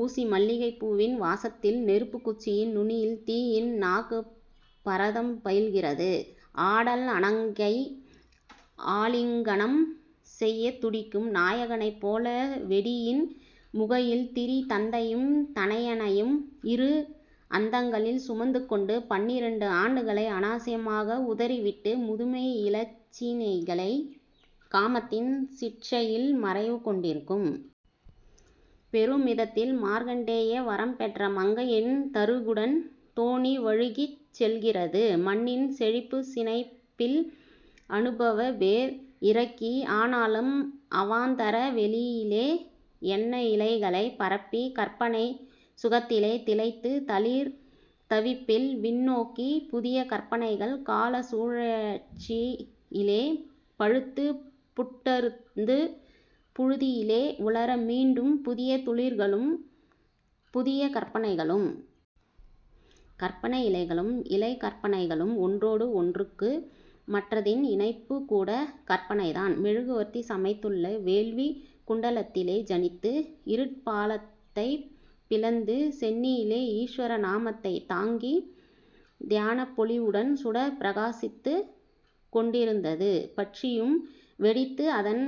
ஊசிமல்லிகைப் பூவின் வாசத்தில் நெருப்புக்குச்சியின் நுனியில் தீயின் நாக்கு பரதம் பயில்கிறது. ஆடல் அணங்கை ஆலிங்கனம் செய்யத் துடிக்கும் நாயகனைப் போல வெடியின் முகையில் திரி, தந்தையையும் தனையனையும் இரு அந்தங்களில் சுமந்துகொண்டு, பன்னிரண்டு ஆண்டுகளை அனாயாசமாக உதறிவிட்ட முதுமை இலச்சினைகள் காமத்தின் சிட்சையில் மறைவு கொண்டிருக்கும். பெருமிதத்தில் மார்க்கண்டேய வரம் பெற்ற மங்கையின் தருக்குடன் தோணி வழுக்கிச் செல்கிறது. மண்ணின் செழிப்புச் சினைப்பில், அனுபவ வேர் இறக்கி, ஆனாலும் அவாந்தர வெளியிலே எண்ண இலைகளைப் பரப்பி, கற்பனைச் சுகத்திலே திளைத்து, தளிர் தவிப்பில் விண்ணோக்கிப் புதிய கற்பனைகள் காலச் சுழற்சியிலே பழுத்து, பூட்டறுந்து புழுதியிலே உலர, மீண்டும் புதிய துளிர்களும் புதிய கற்பனைகளும்... கற்பனை இலைகளும், இலைக் கற்பனைகளும் ஒன்றோடு ஒன்றுக்கு, மற்றதின் இணைப்புக் கூடக் கற்பனைதான். மெழுகுவர்த்தி சமைத்துள்ள வேள்விக் குண்டலத்திலே ஜனித்து, இருட்பாளத்தைப் பிளந்து, சென்னியிலே ஈஸ்வர நாமத்தைத் தாங்கி, தியானப் பொலிவுடன் சுடர் பிரகாசித்துக் கொண்டிருந்தது. பட்சியும் வெடித்து, அதன்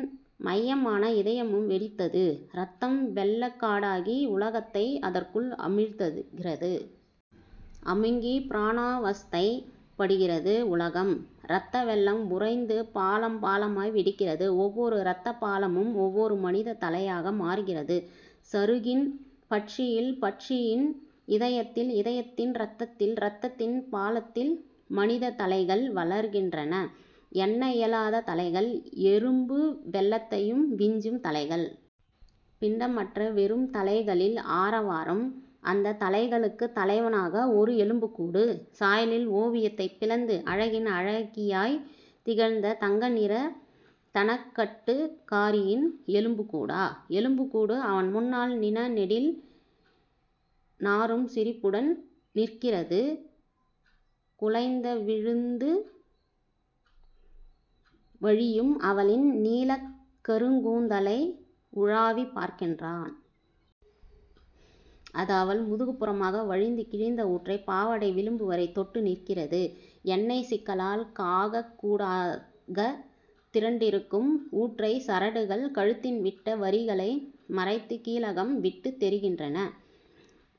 மையமான இதயமும் வெடித்தது. இரத்தம் வெள்ளக் காடாகி உலகத்தை அதற்குள் அமிழ்த்துகிறது. அமுங்கிப் பிராணாவஸ்தைப் படுகிறது உலகம். இரத்த வெள்ளம் உறைந்து பாளம் பாளமாய் வெடிக்கிறது. ஒவ்வொரு இரத்தப் பாளமும் ஒவ்வொரு மனிதத் தலையாக மாறுகிறது. சருகின் பட்சியில், பட்சியின் இதயத்தில், இதயத்தின் இரத்தத்தில், இரத்தத்தின் பாளத்தில் மனிதத் தலைகள் வளர்கின்றன. எண்ண இயலாத தலைகள்; எறும்பு வெள்ளத்தையும் விஞ்சும் தலைகள். பிண்டமற்ற வெறும் தலைகளில் ஆரவாரம்! அந்தத் தலைகளுக்குத் தலைவனாக ஓர் எலும்புக்கூடு! சாயலில் ஓவியத்தைப் பிளந்து, அழகின் அழகியாய்த் திகழ்ந்த தங்கநிறத் தனக்கட்டுக்காரியின் எலும்புக்கூடா? எலும்புக்கூடு அவன் முன்னால் நிண நெடில் நாறும் சிரிப்புடன் நிற்கிறது. குலைந்தவிழ்ந்து வழியும் அவளின் நீளக் கருங்கூந்தலை உழாவிப் பார்க்கிறான். அது அவள் முதுகுப் புறமாக வழிந்து, கிழிந்த ஊற்றைப் பாவாடை விளிம்பு வரை தொட்டு நிற்கிறது. எண்ணெய்ச் சிக்கலால் காகக் கூடாகத் திரண்டிருக்கும் ஊற்றைச் சரடுகள், கழுத்தின் வட்ட வரிகளை மறைத்துக் கீலகம் விட்டுத் தெரிகின்றன.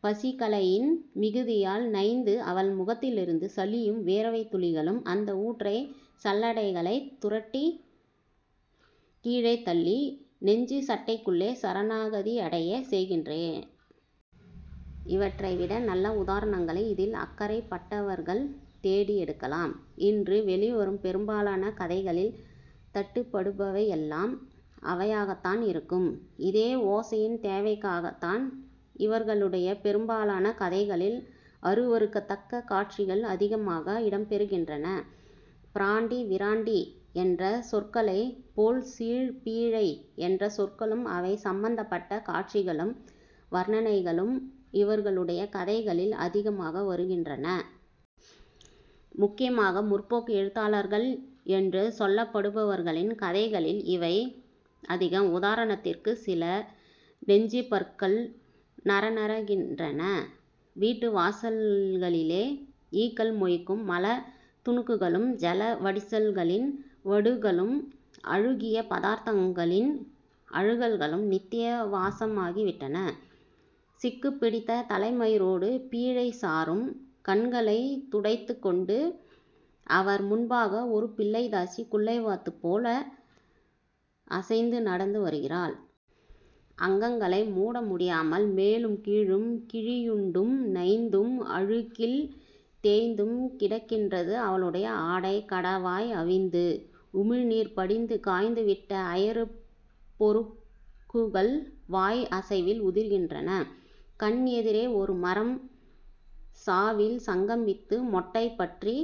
பசிக்களையின் மிகுதியால் நைந்து அவள் முகத்திலிருந்து சளியும் வியர்வைத் துளிகளும் அந்த ஊற்றைச் சல்லடைகளைத் துரட்டிக் கீழே தள்ளி, நெஞ்சுச் சட்டைக்குள்ளே சரணாகதியடையச் செய்கின்றன. இவற்றை விட நல்ல உதாரணங்களை இதில் அக்கறைப்பட்டவர்கள் தேடி எடுக்கலாம். இன்று வெளிவரும் பெரும்பாலான கதைகளில் தட்டுப்படுபவையெல்லாம் அவையாகத்தான் இருக்கும். இதே ஓசையின் தேவைக்காகத்தான் இவர்களுடைய பெரும்பாலான கதைகளில் அருவருக்கத்தக்க காட்சிகள் அதிகமாக இடம்பெறுகின்றன. 'பிராண்டி', 'விராண்டி' என்ற சொற்களைப் போல் 'சீழ்', 'பீழை' என்ற சொற்களும் அவை சம்பந்தப்பட்ட காட்சிகளும் வர்ணனைகளும் இவர்களுடைய கதைகளில் அதிகமாக வருகின்றன. முக்கியமாக 'முற்போக்கு' எழுத்தாளர்கள் என்று சொல்லப்படுபவர்களின் கதைகளில் இவை அதிகம். உதாரணத்திற்குச் சில: "நெஞ்சுப் பற்கள் நறநறக்கின்றன. வீட்டு வாசல்களிலே ஈக்கள் மொய்க்கும் மலத் துணுக்குகளும், ஜல வடிசல்களின் வடுக்களும், அழுகிய பதார்த்தங்களின் அழுகல்களும் நித்திய வாசமாகிவிட்டன. சிக்குப் பிடித்த தலைமயிரோடு பீழை சாறும் கண்களைத் துடைத்துக்கொண்டு, அவர் முன்பாக ஒரு பிள்ளைத்தாச்சி குள்ளவாத்துப் போல் அசைந்து நடந்து வருகின்றாள். அங்கங்களை மூட முடியாமல் மேலும் கீழும் கிழியுண்டும், நைந்தும், அழுக்கில் தேய்ந்தும் கிடக்கின்றது அவளுடைய ஆடை. கடவாய் அவிந்து, உமிழ்நீர் படிந்து காய்ந்துவிட்ட அயறுப் பொருக்குகள் வாய் அசைவில் உதிர்கின்றன. கண் எதிரே ஒரு மரம். சாவில் சங்கமித்து, மொட்டை பற்றி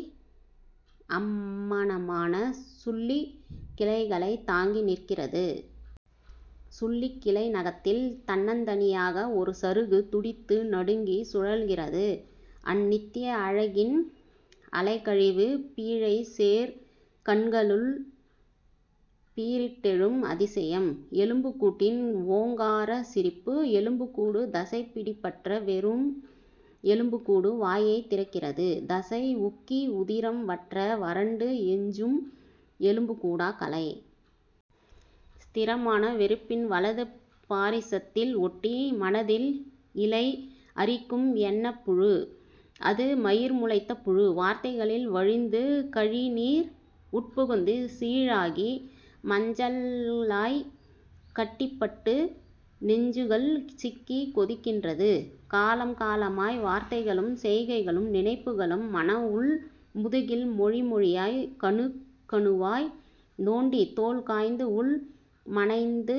அம்மணமான சுள்ளிக் கிளைகளைத் தாங்கி நிற்கிறது. சுள்ளிக் கிளை நகத்தில் தன்னந்தனியனாக ஒரு சருகு துடித்து நடுங்கிச் சுழல்கிறது. அநித்திய அழகின் அலைக்கழிவு. பீழை சேர் கண்களுள் பீறிட்டெழும் அதிசயம்; எலும்புக்கூட்டின் ஓங்காரச் சிரிப்பு. எலும்புக்கூடு — தசைப்பிடிப்பற்ற வெறும் எலும்புக்கூடு வாயைத் திறக்கிறது. தசை உக்கி, உதிரம் வற்ற, வறண்டு எஞ்சும் எலும்புக்கூடா கலை? ஸ்திரமான வெறுப்பின் வலது பாரிசத்தில் ஒட்டி மனத்தில் இலை அரிக்கும் எண்ணப் புழு. அது மயிர் முளைத்த புழு. வார்த்தைகளில் வழிந்து கழிநீர் உட்புகுந்து சீழாகி, மஞ்சளாய்க் கட்டிபட்டு, நெஞ்சுகள் சிக்கிக் கொதிக்கின்றது. காலம் காலமாய் வார்த்தைகளும், செய்கைகளும், நினைப்புகளும் மன உள் முதுகில் மொழி மொழியாய், கணுக் கணுவாய் நோண்டி, தோல் காய்ந்து, உள் மனைந்து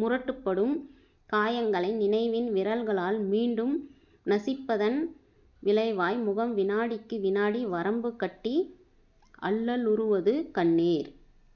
முரட்டுப்படும் காயங்களை நினைவின் விரல்களால் மீண்டும் நசிப்பதன் விளைவாய் முகம் வினாடிக்கு வினாடி வரம்பு கட்டி அல்லலுறுவது கண்ணீர்.